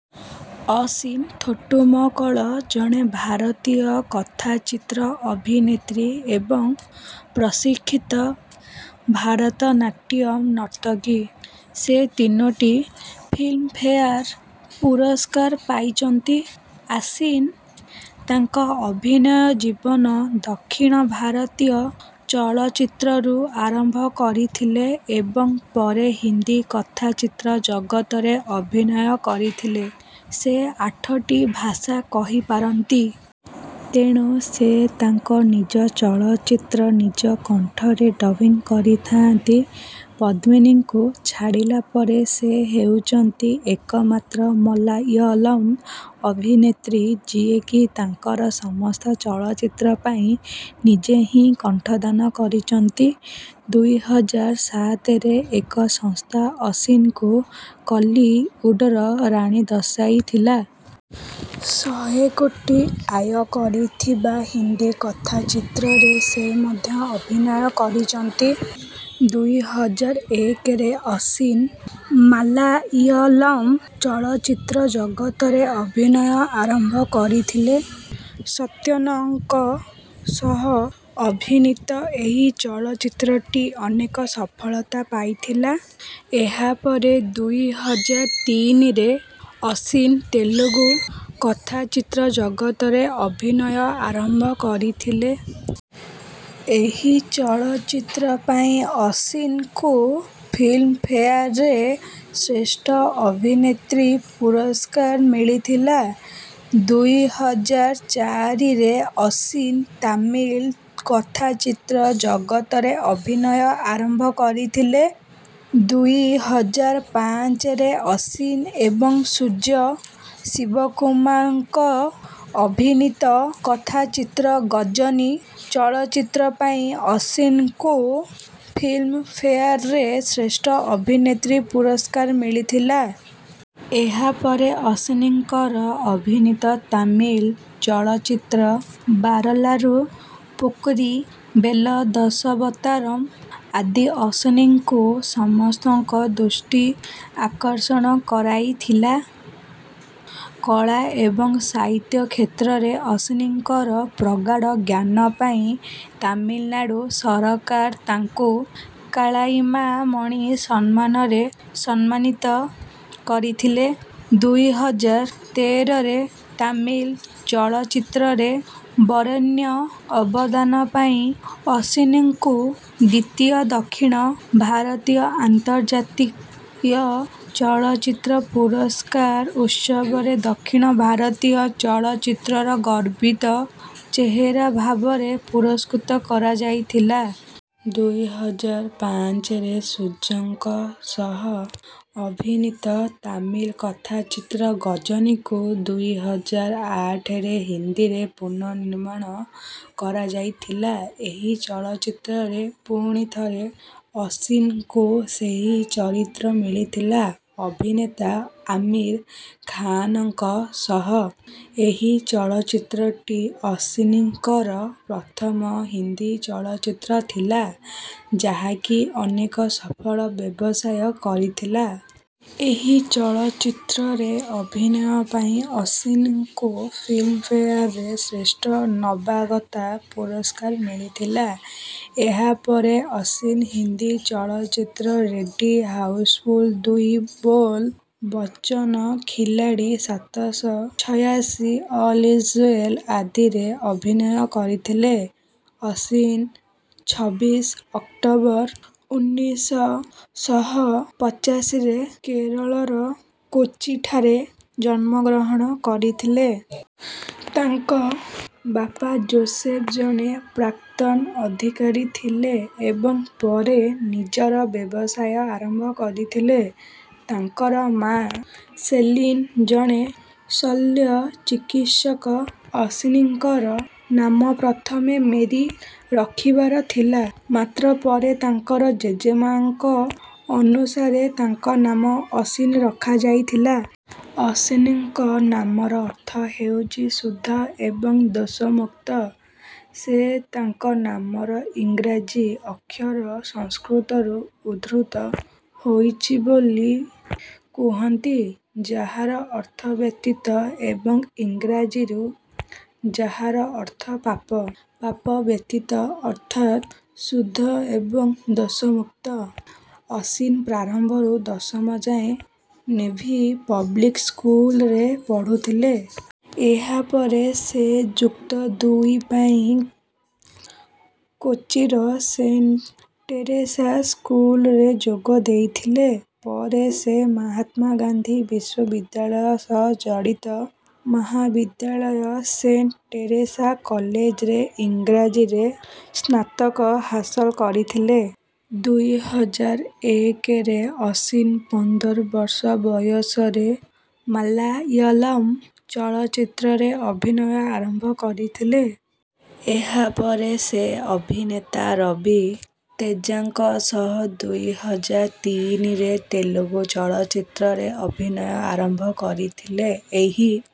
ଅସିନ ଥୋଟ୍ଟୁମକଳ ଜଣେ ଭାରତୀୟ କଥାଚିତ୍ର ଅଭିନେତ୍ରୀ ଏବଂ ପ୍ରଶିକ୍ଷିତ ଭାରତନାଟ୍ୟମ ନର୍ତ୍ତକୀ। ସେ ତିନୋଟି ଫିଲ୍ମଫେୟାର ପୁରସ୍କାର ପାଇଛନ୍ତି। ଆସୀନ ତାଙ୍କ ଅଭିନୟ ଜୀବନ ଦକ୍ଷିଣ ଭାରତୀୟ ଚଳଚ୍ଚିତ୍ରରୁ ଆରମ୍ଭ କରିଥିଲେ ଏବଂ ପରେ ହିନ୍ଦୀ କଥାଚିତ୍ର ଜଗତରେ ଅଭିନୟ କରିଥିଲେ। ସେ ଆଠଟି ଭାଷା କହିପାରନ୍ତି। ତେଣୁ ସେ ତାଙ୍କ ନିଜ ଚଳଚ୍ଚିତ୍ର ନିଜ କଣ୍ଠରେ ଡବିଂ କରିଥାନ୍ତି। ପଦ୍ମିନୀଙ୍କୁ ଛାଡ଼ିଲା ପରେ ସେ ହେଉଛନ୍ତି ଏକମାତ୍ର ମଲାୟଲମ ଅଭିନେତ୍ରୀ ଯିଏକି ତାଙ୍କର ସମସ୍ତ ଚଳଚ୍ଚିତ୍ର ପାଇଁ ନିଜେ ହିଁ କଣ୍ଠଦାନ କରିଛନ୍ତି। ଦୁଇ ହଜାର ସାତରେ ଏକ ସଂସ୍ଥା ଅସିନଙ୍କୁ କଲିଉଡ଼ର ରାଣୀ ଦର୍ଶାଇଥିଲା। ଶହେ କୋଟି ଆୟ କରିଥିବା ହିନ୍ଦୀ କଥାଚିତ୍ରରେ ସେ ମଧ୍ୟ ଅଭିନୟ କରିଛନ୍ତି। ଦୁଇ ହଜାର ଏକରେ ଅସିନ ମାଲାୟଲମ ଚଳଚ୍ଚିତ୍ର ଜଗତରେ ଅଭିନୟ ଆରମ୍ଭ କରିଥିଲେ। ସତ୍ୟନଙ୍କ ସହ ଅଭିନୀତ ଏହି ଚଳଚ୍ଚିତ୍ରଟି ଅନେକ ସଫଳତା ପାଇଥିଲା। ଏହାପରେ ଦୁଇ ହଜାର ତିନିରେ ଅସିନ ତେଲୁଗୁ କଥାଚିତ୍ର ଜଗତରେ ଅଭିନୟ ଆରମ୍ଭ କରିଥିଲେ। ଏହି ଚଳଚ୍ଚିତ୍ର ପାଇଁ ଅସିନଙ୍କୁ ଫିଲ୍ମଫେୟାରରେ ଶ୍ରେଷ୍ଠ ଅଭିନେତ୍ରୀ ପୁରସ୍କାର ମିଳିଥିଲା। ଦୁଇ ହଜାର ଚାରିରେ ଅସିନ ତାମିଲ କଥାଚିତ୍ର ଜଗତରେ ଅଭିନୟ ଆରମ୍ଭ କରିଥିଲେ। ଦୁଇ ହଜାର ପାଞ୍ଚରେ ଅସିନ ଏବଂ ସୂର୍ଯ୍ୟ ଶିବକୁମାରଙ୍କ ଅଭିନୀତ କଥାଚିତ୍ର ଗଜନୀ ଚଳଚ୍ଚିତ୍ର ପାଇଁ ଅସିନଙ୍କୁ ଫିଲ୍ମଫେୟାରରେ ଶ୍ରେଷ୍ଠ ଅଭିନେତ୍ରୀ ପୁରସ୍କାର ମିଳିଥିଲା। ଏହାପରେ ଅସିନଙ୍କର ଅଭିନୀତ ତାମିଲ ଚଳଚ୍ଚିତ୍ର ବାରଲାରୁ ପୋକ୍କିରୀ ବେଲ ଦଶାବତାରମ ଆଦି ଅସିନଙ୍କୁ ସମସ୍ତଙ୍କ ଦୃଷ୍ଟି ଆକର୍ଷଣ କରାଇଥିଲା। କଳା ଏବଂ ସାହିତ୍ୟ କ୍ଷେତ୍ରରେ ଅସିନଙ୍କର ପ୍ରଗାଢ଼ ଜ୍ଞାନ ପାଇଁ ତାମିଲନାଡ଼ୁ ସରକାର ତାଙ୍କୁ କାଳାଇମାମଣି ସମ୍ମାନରେ ସମ୍ମାନିତ କରିଥିଲେ। ଦୁଇ ହଜାର ତେରରେ ତାମିଲ ଚଳଚ୍ଚିତ୍ରରେ ବରେଣ୍ୟ ଅବଦାନ ପାଇଁ ଅସିନଙ୍କୁ ଦ୍ୱିତୀୟ ଦକ୍ଷିଣ ଭାରତୀୟ ଆନ୍ତର୍ଜାତୀୟ ଚଳଚ୍ଚିତ୍ର ପୁରସ୍କାର ଉତ୍ସବରେ ଦକ୍ଷିଣ ଭାରତୀୟ ଚଳଚ୍ଚିତ୍ରର ଗର୍ବିତ ଚେହେରା ଭାବରେ ପୁରସ୍କୃତ କରାଯାଇଥିଲା। ଦୁଇ ହଜାର ପାଞ୍ଚରେ ସୂର୍ଯ୍ୟଙ୍କ ସହ ଅଭିନୀତ ତାମିଲ କଥାଚିତ୍ର ଗଜନୀକୁ ଦୁଇ ହଜାର ଆଠରେ ହିନ୍ଦୀରେ ପୁନଃନିର୍ମାଣ କରାଯାଇଥିଲା। ଏହି ଚଳଚ୍ଚିତ୍ରରେ ପୁଣିଥରେ ଅସିନଙ୍କୁ ସେହି ଚରିତ୍ର ମିଳିଥିଲା ଅଭିନେତା ଆମିର ଖାନଙ୍କ ସହ। ଏହି ଚଳଚ୍ଚିତ୍ରଟି ଅସିନଙ୍କର ପ୍ରଥମ ହିନ୍ଦୀ ଚଳଚ୍ଚିତ୍ର ଥିଲା ଯାହାକି ଅନେକ ସଫଳ ବ୍ୟବସାୟ କରିଥିଲା। ଏହି ଚଳଚ୍ଚିତ୍ରରେ ଅଭିନୟ ପାଇଁ ଅସିନଙ୍କୁ ଫିଲ୍ମଫେୟାରରେ ଶ୍ରେଷ୍ଠ ନବାଗତା ପୁରସ୍କାର ମିଳିଥିଲା। ଏହାପରେ ଅସିନ ହିନ୍ଦୀ ଚଳଚ୍ଚିତ୍ର ରେଡ୍ଡି ହାଉସଫୁଲ ଦୁଇ ବୋଲ ବଚନ ଖିଲାଡ଼ି ସାତ ଶହ ଛୟାଶୀ ଅଲ ଇଜ ୱେଲ ଆଦିରେ ଅଭିନୟ କରିଥିଲେ। ଅସିନ ଛବିଶ ଅକ୍ଟୋବର ଉନ୍ନିଶ ଶହ ପଚାଶୀରେ କେରଳର କୋଚିଠାରେ ଜନ୍ମଗ୍ରହଣ କରିଥିଲେ। ତାଙ୍କ ବାପା ଜୋସେଫ ଜଣେ ପ୍ରାକ୍ତନ ଅଧିକାରୀ ଥିଲେ ଏବଂ ପରେ ନିଜର ବ୍ୟବସାୟ ଆରମ୍ଭ କରିଥିଲେ। ତାଙ୍କର ମାଆ ସେଲିନ ଜଣେ ଶଲ୍ୟ ଚିକିତ୍ସକ। ଅସିନଙ୍କର ନାମ ପ୍ରଥମେ ମେରୀ ରଖିବାର ଥିଲା ମାତ୍ର ପରେ ତାଙ୍କର ଜେଜେମାଙ୍କ ଅନୁସାରେ ତାଙ୍କ ନାମ ଅସିନ ରଖାଯାଇଥିଲା। ଅସିନଙ୍କ ନାମର ଅର୍ଥ ହେଉଛି ଶୁଦ୍ଧ ଏବଂ ଦୋଷମୁକ୍ତ। ସେ ତାଙ୍କ ନାମର ଇଂରାଜୀ ଅକ୍ଷର ସଂସ୍କୃତରୁ ଉଦ୍ଧୃତ ହୋଇଛି ବୋଲି କୁହନ୍ତି ଯାହାର ଅର୍ଥ ବ୍ୟତୀତ ଏବଂ ଇଂରାଜୀରୁ ଯାହାର ଅର୍ଥ ପାପ। ପାପ ବ୍ୟତୀତ ଅର୍ଥାତ ଶୁଦ୍ଧ ଏବଂ ଦୋଷମୁକ୍ତ। ଅସିନ ପ୍ରାରମ୍ଭରୁ ଦଶମ ଯାଏଁ ନେଭି ପବ୍ଲିକ ସ୍କୁଲରେ ପଢ଼ୁଥିଲେ। ଏହାପରେ ସେ ଯୁକ୍ତ ଦୁଇ ପାଇଁ କୋଚିର ସେଣ୍ଟ ଟେରେସା ସ୍କୁଲରେ ଯୋଗ ଦେଇଥିଲେ। ପରେ ସେ ମହାତ୍ମା ଗାନ୍ଧୀ ବିଶ୍ୱବିଦ୍ୟାଳୟ ସହ ଜଡ଼ିତ ମହାବିଦ୍ୟାଳୟ ସେଣ୍ଟ ଟେରେସା କଲେଜରେ ଇଂରାଜୀରେ ସ୍ନାତକ ହାସଲ କରିଥିଲେ। ଦୁଇ ହଜାର ଏକରେ ଅସିନ ପନ୍ଦର ବର୍ଷ ବୟସରେ ମାଲାୟଲମ ଚଳଚ୍ଚିତ୍ରରେ ଅଭିନୟ ଆରମ୍ଭ କରିଥିଲେ। ଏହାପରେ ସେ ଅଭିନେତା ରବି ତେଜାଙ୍କ ସହ ଦୁଇ ହଜାର ତିନିରେ ତେଲୁଗୁ ଚଳଚ୍ଚିତ୍ରରେ ଅଭିନୟ ଆରମ୍ଭ କରିଥିଲେ। ଏହି